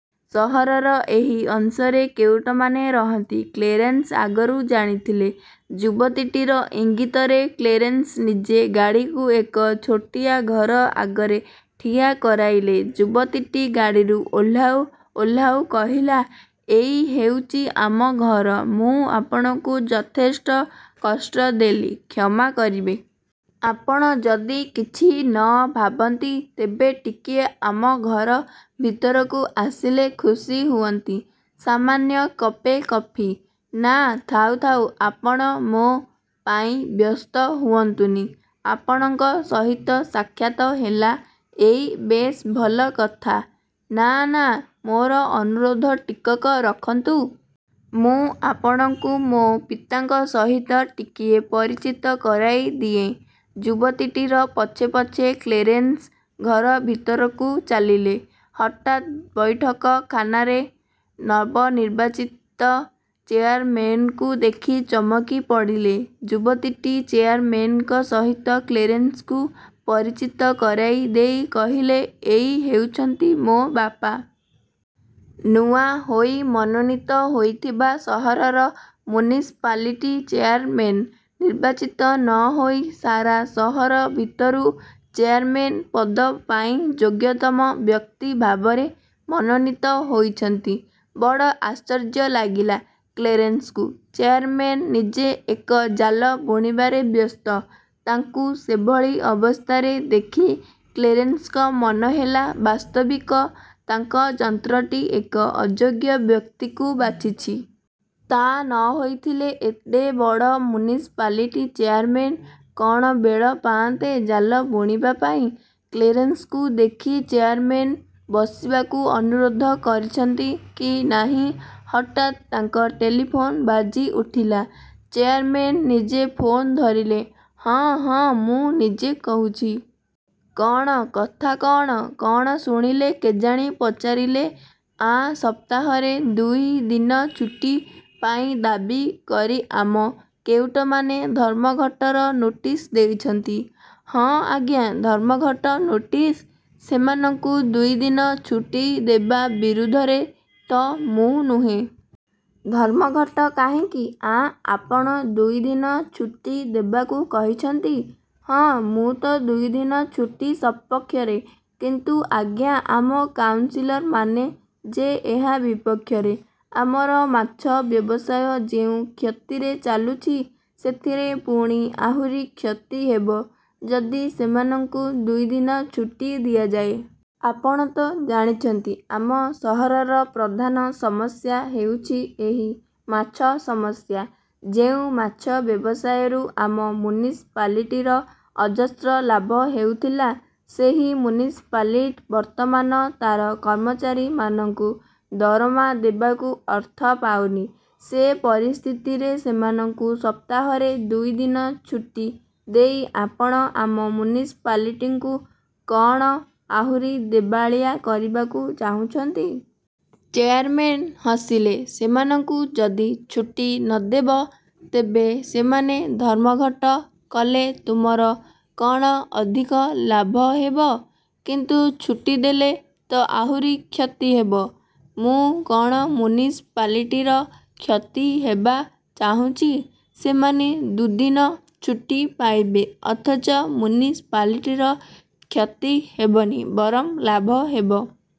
ସହରର ଏହି ଅଂଶରେ କେଉଟମାନେ ରହନ୍ତି, କ୍ଳେରେନ୍ସ ଆଗରୁ ଜାଣିଥିଲେ-। ଯୁବତୀଟିର ଇଙ୍ଗିତରେ କ୍ଳେରେନ୍ସ ନିଜେ ଗାଡ଼ିକୁ ଏକ ଛୋଟିଆ ଘର ଆଗରେ ଠିଆ କରାଇଲେ। ଯୁବତୀଟି ଗାଡ଼ିରୁ ଓହ୍ଲାଉ ଓହ୍ଲାଉ କହିଲା, ''ଏଇ ହେଉଛି ଆମ ଘର। '' ମୁଁ ଆପଣଙ୍କୁ ଯଥେଷ୍ଟ କଷ୍ଟ ଦେଲି, କ୍ଷମା କରିବେ। ଆପଣ ଯଦି କିଛି ନ ଭାବନ୍ତି ତେବେ ଟିକିଏ ଆମ ଘର ଭିତରକୁ ଆସିଲେ ଖୁସି ହୁଅନ୍ତି। ସାମାନ୍ୟ କପେ କଫି- ''ନା, ଥାଉ ଥାଉ, ଆପଣ ମୋ। ପାଇଁ ବ୍ୟସ୍ତ ହୁଅନ୍ତୁନି। ଆପଣଙ୍କ ସହିତ ସାକ୍ଷାତ ହେଲା, ଏଇ ବେଶ୍ ଭଲକଥା। ''ନା, ନାଁ, ମୋର ଅନୁରୋଧ ଟିକକ ରଖନ୍ତୁ। ମୁଁ ଆପଣଙ୍କୁ ମୋ ପିତାଙ୍କ ସହିତ ଟିକିଏ ପରିଚିତ କରାଇ ଦିଏଁ। '' ''ଯୁବତୀଟିର ପଛେ ପଛେ କ୍ଳେରେନସ୍ ଘର ଭିତରକୁ ଚାଲିଲେ। ହଠାତ୍ ବୈଠକଖାନାରେ ନବନିର୍ବାଚିତ ଚେୟାରମେନଙ୍କୁ ଦେଖି ଚମକି ପଡ଼ିଲେ। ଯୁବତୀଟି ଚେୟାରମେନଙ୍କ ସହିତ କ୍ଳେରେନ୍ସଙ୍କୁ ପରିଚିତ କରାଇ ଦେଇ କହିଲେ, ''ଏଇ ହେଉଛନ୍ତି ମୋ ବାପା। ନୂଆ ହୋଇ ମନୋନୀତ ହୋଇଥିବା ସହରର ମ୍ୟୁନିସିପାଲିଟି ଚେୟାରମେନ। ନିର୍ବାଚିତ ନ ହୋଇ ସାରା ସହର ଭିତରୁ ଚେୟାରମେନ ପଦ ପାଇଁ ଯୋଗ୍ୟତମ ବ୍ୟକ୍ତି ଭାବରେ ମନୋନୀତ ହୋଇଛନ୍ତି। ''ବଡ଼ ଆଶ୍ଚର୍ଯ୍ୟ ଲାଗିଲା କ୍ଳେରନ୍ସଙ୍କୁ; ଚେୟାରମେନ ନିଜେ ଏକ ଜାଲ ବୁଣିବାରେ ବ୍ୟସ୍ତ। ତାଙ୍କୁ ସେଭଳି ଅବସ୍ଥାରେ ଦେଖି କ୍ଳେରେନ୍ସଙ୍କ ମନହେଲା ବାସ୍ତବିକ ତାଙ୍କ ଯନ୍ତ୍ରଟି ଏକ ଅଯୋଗ୍ୟ ବ୍ୟକ୍ତିକୁ ବାଛିଛି। ତା ନ ହୋଇଥିଲେ ଏଡେ ବଡ଼ ମ୍ୟୁନିସିପାଲିଟି ଚେୟାରମେନ କ'ଣ ବେଳ ପାଆନ୍ତେ, ଜାଲ ବୁଣିବା ପାଇଁ। ''କ୍ଳେରେନ୍ସଙ୍କୁ ଦେଖି ଚେୟାରମେନ ବସିବାକୁ ଅନୁରୋଧ କରିଛନ୍ତି କି ନାହିଁ, ହଠାତ୍ ତାଙ୍କ ଟେଲିଫୋନ୍ ବାଜି ଉଠିଲା। ଚେୟାରମେନ ନିଜେ ଫୋନ୍ ଧରିଲେ। ''ହଁ, ହଁ, ମୁଁ ନିଜେ କହୁଛି। କ'ଣ, କଥା କ'ଣ? '' କ'ଣ ଶୁଣିଲେ କେଜାଣି ପଚାରିଲେ। ''ଆଁ, ସପ୍ତାହରେ ଦୁଇ ଦିନ ଛୁଟି ପାଇଁ ଦାବୀ କରି ଆମ କେଉଟମାନେ ଧର୍ମଘଟର ନୋଟିସ୍ ଦେଇଛନ୍ତି? '' 'ହଁ, ଆଜ୍ଞା। ' ''ଧର୍ମଘଟ ନୋଟିସ? ସେମାନଙ୍କୁ ଦୁଇ ଦିନ ଛୁଟି ଦେବା ବିରୁଦ୍ଧରେ ତ ମୁଁ ନୁହେଁ। ଧର୍ମଘଟ କାହିଁକି? '' ''ଆଁ, ଆପଣ ଦୁଇଦିନ ଛୁଟି ଦେବାକୁ କହିଛନ୍ତି? '' ''ହଁ, ମୁଁ ତ ଦୁଇଦିନ ଛୁଟି ସପକ୍ଷରେ। '' ''କିନ୍ତୁ ଅଜ୍ଞା, ଆମ କାଉନସିଲରମାନେ ଯେ ଏହା ବିପକ୍ଷରେ। ଆମର ମାଛ ବ୍ୟବସାୟ ଯେଉଁ କ୍ଷତିରେ ଚାଲୁଛି, ସେଥିରେ ପୁଣି ଆହୁରି କ୍ଷତି ହେବ, ଯଦି ସେମାନଙ୍କୁ ଦୁଇଦିନ ଛୁଟି ଦିଆଯାଏ। ଆପଣ ତ ଜାଣିଛନ୍ତି ଆମ ସହରର ପ୍ରଧାନ ସମସ୍ୟା ହେଉଛି, ଏହି ମାଛ ସମସ୍ୟା। ଯେଉଁ ମାଛ ବ୍ୟବସାୟରୁ ଆମ ମ୍ୟୁନିସିପାଲିଟିର ଅଜସ୍ର ଲାଭ ହେଉଥିଲା, ସେହି ମ୍ୟୁନିସିପାଲିଟି ବର୍ତ୍ତମାନ ତାର କର୍ମଚାରୀମାନଙ୍କୁ ଦରମା ଦେବାକୁ ଅର୍ଥ ପାଉନି। ସେ ପରିସ୍ଥିତିରେ ସେମାନଙ୍କୁ ସପ୍ତାହରେ ଦୁଇ ଦିନ ଛୁଟି ଦେଇ ଆପଣ ଆମ ମ୍ୟୁନିସିପାଲିଟିକୁ କ'ଣ ଆହୁରି ଦେବାଳିଆ କରିବାକୁ ଚାହୁଁଛନ୍ତି? '' ଚେୟାରମେନ ହସିଲେ, ''ସେମାନଙ୍କୁ ଯଦି ଛୁଟି ନ ଦେବ, ତେବେ ସେମାନେ ଧର୍ମଘଟ କଲେ ତୁମର କ'ଣ ଅଧିକ ଲାଭ ହେବ? ''କିନ୍ତୁ ଛୁଟି ଦେଲେ ତ ଆହୁରି କ୍ଷତି ହେବ? '' ''ମୁଁ କ'ଣ ମ୍ୟୁନିସିପାଲିଟିର କ୍ଷତି ହେବା ଚାହୁଁଛି। ସେମାନେ ଦୁଦିନ ଛୁଟି ପାଇବେ ଅଥଚ ମ୍ୟୁନିସିପାଲିଟିର କ୍ଷତି ହେବନି, ବରଂ ଲାଭ ହେବ।